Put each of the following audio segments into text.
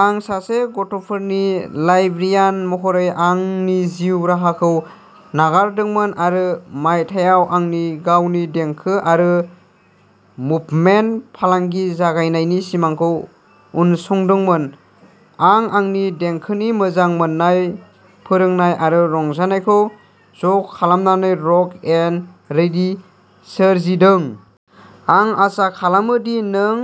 आं सासे गथ'फोरनि लाइबेयान महरै आंनि जिउ राहाखौ नागारदोंमोन आरो मायथाइयाव आंनि गावनि देंखो आरो मुभमेन्ट फालांगि जागायनायनि सिमांखौ उनसंदोंमोन। आं आंनि देंखोनि मोजां मोननाय, फोरोंनाय आरो रंजानायखौ ज'खालामनानै रक एन रीड सोरजिदों। आं आसा खालामो दि नों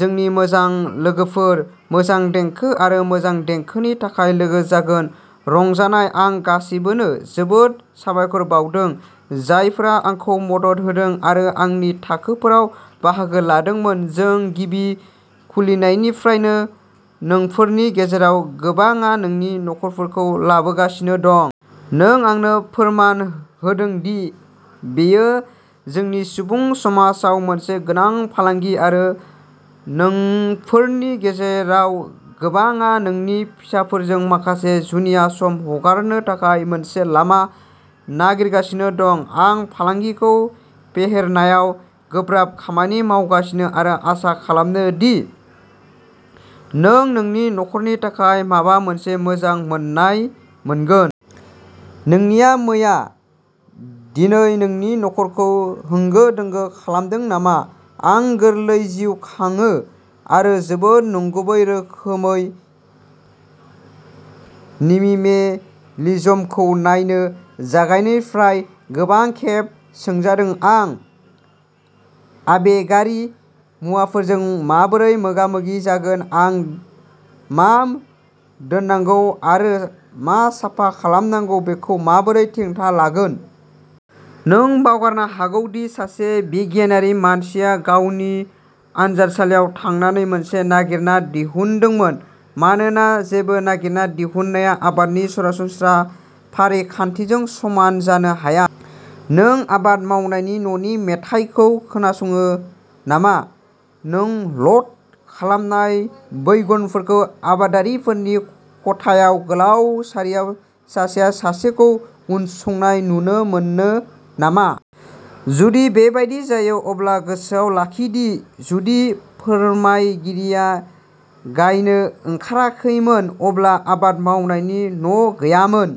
जोंनि मोजां लोगोफोर, मोजां देंखो आरो मोजां देंखोनि थाखाय लोगो जागोन। रंजानाय! आं गासिबोनो जोबोद साबायखर बाउदों, जायफोरा आंखौ मदद होदों आरो आंनि थाखोफोराव बाहागो लादोंमोन। जों गिबि खुलिनायनिफ्रायनो नोंफोरनि गेजेराव गोबांआ नोंनि नखरफोरखौ लाबोगासिनो दं। नों आंनो फोरमान होदों दि बेयो जोंनि सुबुं समाजाव मोनसे गोनां फालांगि आरो नोंफोरनि गेजेराव गोबांआ नोंनि फिसाफोरजों माखासे जुनिया सम हगारनो थाखाय मोनसे लामा नागिरगासिनो दं। आं फालांगिखौ फेहेरनायाव गोब्राब खामानि मावगासिनो आरो आसा खालामो दि नों नोंनि नखरनि थाखाय माबा मोनसे मोजां मोन्नाय मोनगोन। नोंनि मैया दिनै नोंनि न'खरखौ होंगो-दोंगो खालामदों नामा? आं गोरलै जिउ खांनो आरो जोबोद नंगुबै रोखोमै मिनिमेलिज्मखौ नायनो जागायनायनिफ्राय गोबां खेब सोंजादों। आं आबेगारि मुवाफोरजों माबोरै मोगा-मोगि जागोन? आं मा दोननांगौ आरो मा साफा खालामनांगौ बेखौ माबोरै थिरांथा लागोन? नों बावगारनो हागौ दि सासे बिगियानारि मानसिया गावनि आनजादसालियाव थांनानै मोनसे नागिरना दिहुनदोंमोन, मानोना जेबो नागिरना दिहुननाया आबादनि सरासनस्रा फारिखान्थिजों समान जानो हाया। नों आबाद मावनायनि न'नि मेथाइखौ खोनासङो नामा? नों ल'ड खालामनाय वैगनफोरखौ आबादारिफोरनि खथायाव गोलाव सारियाव सासेया सासेखौ उनसंनाय नुनो मोनो नामा? जुदि बेबादि जायो, अब्ला गोसोआव लाखि दि जुदि फोनायगिरिया गायनो ओंखाराखैमोन अब्ला आबाद मावनायनि न'गैयामोन!